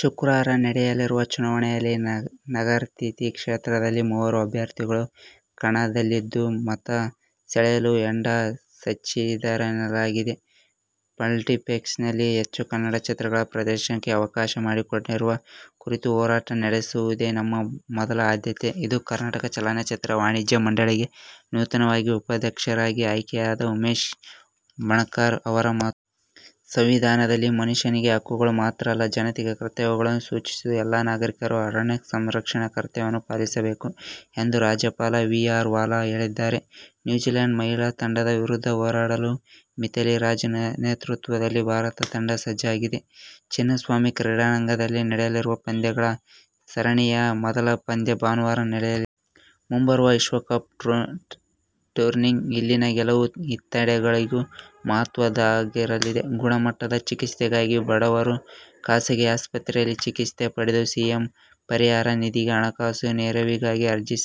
ಶುಕ್ರವಾರ ನಡೆಯಲಿರುವ ಚುನಾವಣೆಯಲ್ಲಿ ನಗರ್ತಿ ಕ್ಷೇತ್ರದಲ್ಲಿ ಮೂವರು ಅಭ್ಯರ್ಥಿಗಳು ಕಣದಲ್ಲಿದ್ದು, ಮತ ಸೆಳೆಯಲು ಹೆಂಡ ಹಂಚಿದ್ದರೆನ್ನಲಾಗಿದೆ. "ಮಲ್ಟಿಪ್ಲೆಕ್ಸ್ನಲ್ಲಿ ಹೆಚ್ಚು ಕನ್ನಡ ಚಿತ್ರಗಳ ಪ್ರದರ್ಶನಕ್ಕೆ ಅವಕಾಶ ಮಾಡಿಕೊಡಿಸುವ ಕುರಿತು ಹೋರಾಟ ನಡೆಸುವುದೇ ನಮ್ಮ ಮೊದಲ ಆದ್ಯತೆ' ಇದು ಕರ್ನಾಟಕ ಚಲನಚಿತ್ರ ವಾಣಿಜ್ಯ ಮಂಡಳಿಗೆ ನೂತನವಾಗಿ ಉಪಾಧ್ಯಕ್ಷರಾಗಿ ಆಯ್ಕೆಯಾದ ಉಮೇಶ್ ಬಣಕಾರ್ ಅವರ ಮಾತು. ಸಂವಿಧಾನದಲ್ಲಿ ಮನುಷ್ಯನಿಗೆ ಹಕ್ಕುಗಳು ಮಾತ್ರ ಅಲ್ಲ. ಜತೆಗೆ ಕರ್ತವ್ಯಗಳನ್ನೂ ಸೂಚಿಸಿದ್ದು ಎಲ್ಲಾ ನಾಗರೀಕರು ಅರಣ್ಯ ಸಂರಕ್ಷಣೆಯ ಕರ್ತವ್ಯವನ್ನು ಪಾಲಿಸಬೇಕು ಎಂದು ರಾಜ್ಯಪಾಲ ವಿ. ಆರ್. ವಾಲಾ ಹೇಳಿದ್ದಾರೆ. ನ್ಯೂಜಿಲೆಂಡ್ ಮಹಿಳಾ ತಂಡದ ವಿರುದ್ಧ ಹೋರಾಡಲು ಮಿಥಾಲಿ ರಾಜ್ ನೇತೃತ್ವದ ಭಾರತ ತಂಡ ಸಜ್ಜಾಗಿದೆ. ಚಿನ್ನಸ್ವಾಮಿ ಕ್ರೀಡಾಂಗಣದಲ್ಲಿ ನಡೆಯಲಿರುವ ಪಂದ್ಯಗಳ ಸರಣಿಯ ಮೊದಲ ಪಂದ್ಯ ಭಾನುವಾರ ನಡೆಯಲಿದೆ. ಮುಂಬರುವ ವಿಶ್ವಕಪ್ ಟೂರ್ನಿಗೆ ಇಲ್ಲಿನ ಗೆಲುವು ಇತ್ತಂಡಗಳಿಗೂ ಮಹತ್ವದ್ದಾಗಿರಲಿದೆ. ಗುಣಮಟ್ಟದ ಚಿಕಿತ್ಸೆಗಾಗಿ ಬಡವರು ಖಾಸಗಿ ಆಸ್ಪತ್ರೆಯಲ್ಲಿ ಚಿಕಿತ್ಸೆ ಪಡೆದು ಸಿಎಂ ಪರಿಹಾರ ನಿಧಿಗೆ ಹಣಕಾಸು ನೆರವಿಗಾಗಿ ಅರ್ಜಿ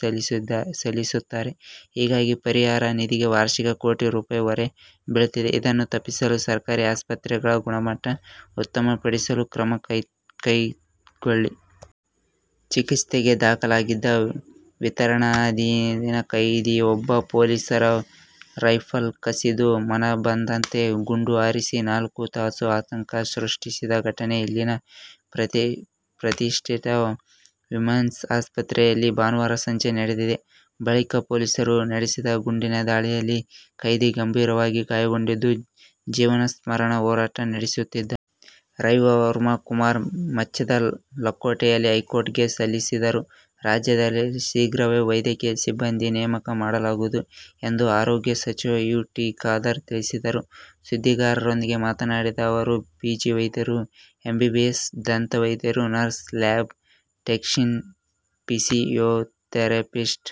ಸಲ್ಲಿಸುತ್ತಾರೆ. ಹೀಗಾಗಿ ಪರಿಹಾರ ನಿಧಿಗೆ ವಾರ್ಷಿಕ ಕೋಟಿ ರೂ. ಹೊರೆ ಬೀಳುತ್ತಿದೆ. ಇದನ್ನು ತಪ್ಪಿಸಲು ಸರ್ಕಾರಿ ಆಸ್ಪತ್ರೆಗಳ ಗುಣಮಟ್ಟ ಉತ್ತಮಪಡಿಸಲು ಕ್ರಮ ಕೈಗೊಳ್ಳಿ. ಚಿಕಿತ್ಸೆಗೆ ದಾಖಲಾಗಿದ್ದ ವಿಚಾರಣಾಧೀನ ಕೈದಿಯೊಬ್ಬ ಪೊಲೀಸರ ರೈಫಲ್ ಕಸಿದು ಮನಬಂದಂತೆ ಗುಂಡು ಹಾರಿಸಿ ನಾಲ್ಕು ತಾಸು ಆತಂಕ ಸೃಷ್ಟಿಸಿದ ಘಟನೆ ಇಲ್ಲಿನ ಪ್ರತಿಷ್ಠಿತ ನಿಮ್ಹಾನ್ಸ್ ಆಸ್ಪತ್ರೆಯಲ್ಲಿ ಭಾನುವಾರ ಸಂಜೆ ನಡೆದಿದೆ. ಬಳಿಕ ಪೊಲೀಸರು ನಡೆಸಿದ ಗುಂಡಿನ ದಾಳಿಯಲ್ಲಿ ಕೈದಿ ಗಂಭೀರವಾಗಿ ಗಾಯಗೊಂಡಿದ್ದು, ಜೀವನ್ಮರಣ ಹೋರಾಟ ನಡೆಸುತ್ತಿದ್ದಾನೆ. ರವಿವರ್ಮಾ ಕುಮಾರ್ ಮುಚ್ಚಿದ ಲಕೋಟೆಯಲ್ಲಿ ಹೈಕೋರ್ಟ್ ಗೆ ಸಲ್ಲಿಸಿದರು. ರಾಜ್ಯದಲ್ಲಿ ಶೀಘ್ರವೇ ವೈದ್ಯಕೀಯ ಸಿಬ್ಬಂದಿ ನೇಮಕ ಮಾಡಲಾಗುವುದು ಎಂದು ಆರೋಗ್ಯ ಸಚಿವ ಯು. ಟಿ. ಖಾದರ್ ತಿಳಿಸಿದರು. ಸುದ್ದಿಗಾರರೊಂದಿಗೆ ಮಾತನಾಡಿದ ಅವರು, ಪಿಜಿ ವೈದ್ಯರು, ಎಂಬಿಬಿಎಸ್, ದಂತವೈದ್ಯರು, nurse, lab technician, physiotherapist,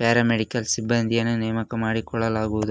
paramedical ಸಿಬ್ಬಂದಿಯನ್ನು ನೇಮಕ ಮಾಡಿಕೊಳ್ಳಲಾಗುವುದು.